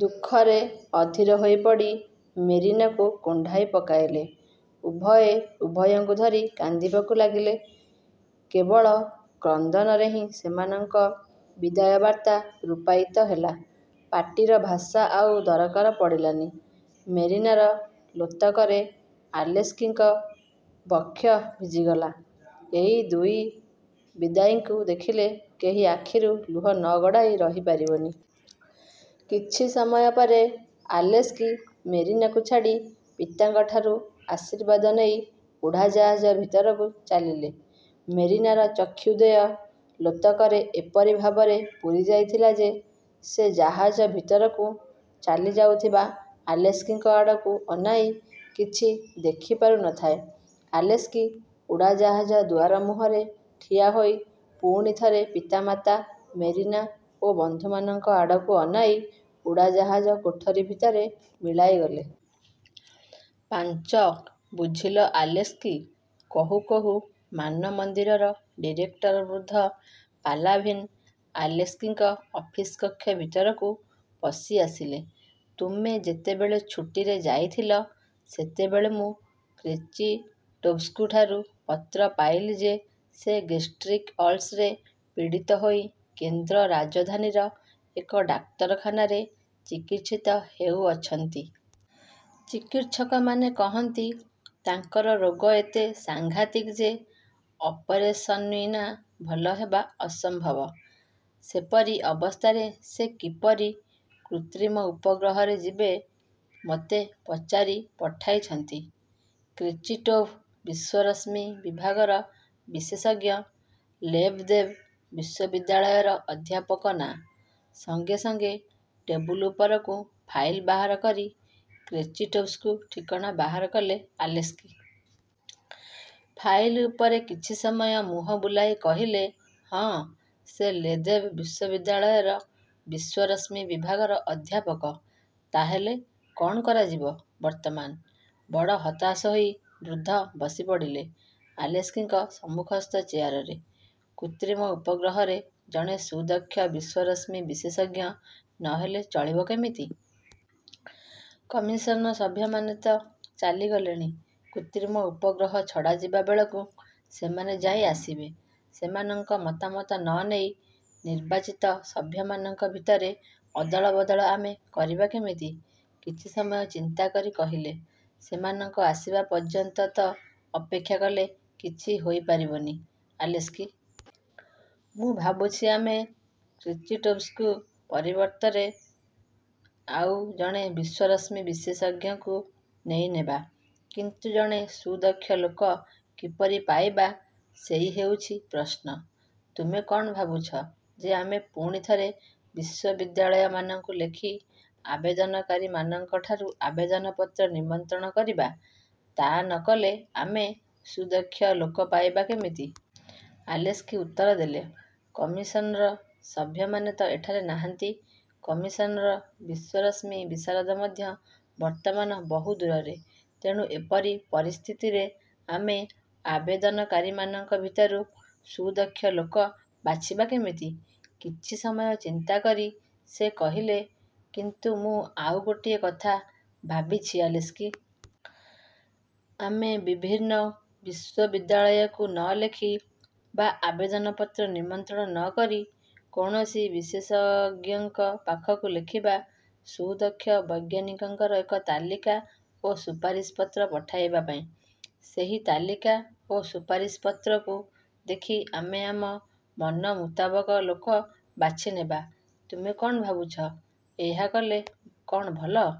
ଦୁଃଖରେ ଅଧୀର ହୋଇପଡ଼ି ମେରିନାକୁ କୁଣ୍ଢାଇ ପକାଇଲେ। ଉଭୟେ ଉଭୟଙ୍କୁ ଧରି କାନ୍ଦିବାକୁ ଲାଗିଲେ-। କେବଳ କ୍ରନ୍ଦନରେ ହିଁ ସେମାନଙ୍କ ବିଦାୟବାର୍ତ୍ତା ରୂପାୟିତ ହେଲା। ପାଟିର ଭାଷା ଆଉ ଦରକାର ପଡ଼ିଲାନି। ମେରିନାର ଲୋତକରେ ଆଲେସ୍କିଙ୍କ ବକ୍ଷ ଭିଜିଗଲା। ଏଇ ଦୁଇ ବିଦାୟୀଙ୍କୁ ଦେଖିଲେ କେହି ଆଖରୁ ଲୁହ ନ ଗଡ଼ାଇ ରହିପାରିବନି। କିଛି ସମୟପରେ ଆଲେସ୍କି ମେରିନାକୁ ଛାଡ଼ି ପିତାଙ୍କଠାରୁ ଆଶୀର୍ବାଦ ନେଇ ଉଡ଼ାଜାହାଜ ଭିତରକୁ ଚାଲିଲେ। ମେରିନାର ଚକ୍ଷୁଦ୍ୱୟ ଲୋତକରେ ଏପରି ଭାବରେ ପୂରିଯାଇଥିଲା ଯେ, ସେ ଜାହାଜ ଭିତରକୁ ଚାଲିଯାଉଥିବା ଆଲେସ୍କିଙ୍କ ଆଡ଼କୁ ଅନାଇଁ କିଛି ଦେଖି ପାରୁ ନ ଥାଏ। ଆଲେସ୍କି ଉଡ଼ାଜାହାଜ ଦୁଆରମୁହଁରେ ଠିଆ ହୋଇ ପୁଣି ଥରେ ପିତାମାତା, ମେରିନା ଓ ବନ୍ଧୁମାନଙ୍କ ଆଡ଼କୁ ଅନାଇ ଉଡ଼ାଜାହାଜ କୋଠରି ଭିତରେ ମିଳାଇଗଲେ। ପାଞ୍ଚ ''ବୁଝିଲ ଆଲେସ୍କି''–କହୁ କହୁ ମାନମନ୍ଦିରର ଡିରେକ୍ଟର ବୃଦ୍ଧ ପାଲାଭିନ୍ ଆଲେସ୍କିଙ୍କ ଅଫିସ କକ୍ଷ ଭିତରକୁ ପଶିଆସିଲେ। ''ତୁମେ ଯେତେବେଳେ ଛୁଟିରେ ଯାଇଥିଲ, ସେତେବେଳେ ମୁଁ କ୍ରେଚିଟୋଭ୍ଙ୍କଠାରୁ ପତ୍ର ପାଇଲି ଯେ, ସେ ଗେଷ୍ଟ୍ରିକ୍ଅଲ୍ସର୍ରେ ପୀଡ଼ିତ ହୋଇ କେନ୍ଦ୍ର ରାଜଧାନୀର ଏଇ ଡାକ୍ତରଖାନାରେ ଚିକିତ୍ସିତ ହେଉଅଛନ୍ତି। ଚିକିତ୍ସକମାନେ କହନ୍ତି, ତାଙ୍କର ରୋଗ ଏତେ ସାଂଘାତିକ ଯେ, ଅପରେସନ୍ବିନା ଭଲ ହେବା ଅସମ୍ଭବ। ସେପରି ଅବସ୍ଥାରେ ସେ କିପରି କୃତ୍ରିମ ଉପଗ୍ରହରେ ଯିବେ ମୋତେ ପଚାରି ପଠାଇଛନ୍ତି। କ୍ରେଚିଟୋଭ୍ ବିଶ୍ୱରଶ୍ମି ବିଭାଗର ବିଶେଷଜ୍ଞ ଲେବଦେବ୍ ବିଶ୍ୱବିଦ୍ୟାଳୟର ଅଧ୍ୟାପକ ନା? '' ସଙ୍ଗେ ସଙ୍ଗେ ଟେବୁଲ ଉପରକୁ ଫାଇଲ ବାହାର କରି କ୍ରେଚିଟୋଭ୍ଙ୍କ ଠିକଣା ବାହାର କଲେ ଆଲେସ୍କି। ଫାଇଲ ଉପରେ କିଛି ସମୟ ମୁହଁ ବୁଲାଇ କହିଲେ, ''ହଁ, ସେ ଲେବ୍ଦେବ ବିଶ୍ୱବିଦ୍ୟାଳୟର ବିଶ୍ୱରଶ୍ମି ବିଭାଗର ଅଧ୍ୟାପକ। '' ''ତା' ହେଲେ କ'ଣ କରାଯିବ ବର୍ତ୍ତମାନ? '' ବଡ଼ ହତାଶ ହୋଇ ବୃଦ୍ଧ ବସିପଡ଼ିଲେ ଆଲେସ୍କିଙ୍କ ସମ୍ମୁଖସ୍ଥ ଚେୟାରରେ। ''କୃତ୍ରିମ ଉପଗ୍ରହରେ ଜଣେ ସୁଦକ୍ଷ ବିଶ୍ୱରଶ୍ମି-ବିଶେଷଜ୍ଞ ନ ହେଲେ ଚଳିବ କେମିତି? କମିଶନ୍ର ସଭ୍ୟମାନେ ତ ଚାଲିଗଲେଣି। କୃତ୍ରିମ ଉପଗ୍ରହ ଛଡ଼ାଯିବାବେଳକୁ ସେମାନେ ଯାଇ ଆସିବେ। ସେମାନଙ୍କ ମତାମତ ନ ନେଇ ନିର୍ବାଚିତ ସଭ୍ୟମାନଙ୍କ ଭିତରେ ଅଦଳବଦଳ ଆମେ କରିବା କେମିତି? '' କିଛି ସମୟ ଚିନ୍ତା କରି କହିଲେ, ''ସେମାନଙ୍କ ଆସିବା ପର୍ଯ୍ୟନ୍ତ ତ ଅପେକ୍ଷା କଲେ କିଛି ହୋଇପାରିବନି ଆଲେସ୍କି! ମୁଁ ଭାବୁଛି ଆମେ କ୍ରେଚିଟୋଭ୍ଙ୍କ ପରିବର୍ତ୍ତରେ ଆଉ ଜଣେ ବିଶ୍ୱରଶ୍ମି-ବିଶେଷଜ୍ଞଙ୍କୁ ନେଇନେବା। କିନ୍ତୁ ଜଣେ ସୁଦକ୍ଷ ଲୋକ କିପରି ପାଇବା ସେଇ ହେଉଛି ପ୍ରଶ୍ନ। ତୁମେ କ'ଣ ଭାବୁଚ ଯେ ଆମେ ପୁଣି ଥରେ ବିଶ୍ୱବିଦ୍ୟାଳୟମାନଙ୍କୁ ଲେଖି ଆବେଦନକାରୀମାନଙ୍କଠାରୁ ଆବେଦନ ପତ୍ର ନିମନ୍ତ୍ରଣ କରିବା? '' ''ତା ନକଲେ ଆମେ ସୁଦକ୍ଷ ଲୋକ ପାଇବା କେମିତି? '' ଆଲେସ୍କି ଉତ୍ତର ଦେଲେ। ''କମିଶନ୍ର ସଭ୍ୟମାନେ ତ ଏଠାରେ ନାହାନ୍ତି। କମିଶନ୍ର ବିଶ୍ୱରଶ୍ମି ବିଶାରଦ ମଧ୍ୟ ବର୍ତ୍ତମାନ ବହୁଦୂରରେ। ତେଣୁ ଏପରି ପରିସ୍ଥିତିରେ ଆମେ ଆବେଦନକାରୀମାନଙ୍କ ଭିତରୁ ସୁଦକ୍ଷ ଲୋକ ବାଛିବା କେମିତି? '' କିଛି ସମୟ ଚିନ୍ତା କରି ସେ କହିଲେ–''କିନ୍ତୁ ମୁଁ ଆଉ ଗୋଟିଏ କଥା ଭାବିଛି ଆଲେସ୍କି-! ଆମେ ବିଭିନ୍ନ ବିଶ୍ୱବିଦ୍ୟାଳୟକୁ ନ ଲେଖି ବା ଆବେଦନପତ୍ର ନିମନ୍ତ୍ରଣ ନ କରି କୌଣସି ବିଶେଷଜ୍ଞଙ୍କ ପାଖକୁ ଲେଖିବା ସୁଦକ୍ଷ ବୈଜ୍ଞାନିକଙ୍କର ଏକ ତାଲିକା ଓ ସୁପାରିଶପତ୍ର ପଠାଇବାପାଇଁ। ସେହି ତାଲିକା ଓ ସୁପାରିଶପତ୍ରକୁ ଦେଖି ଆମେ ଆମ ମନମୁତାବକ ଲୋକ ବାଛିନେବା। ତୁମେ କ'ଣ ଭାବୁଛ? ଏହା କଲେ କ'ଣ ଭଲ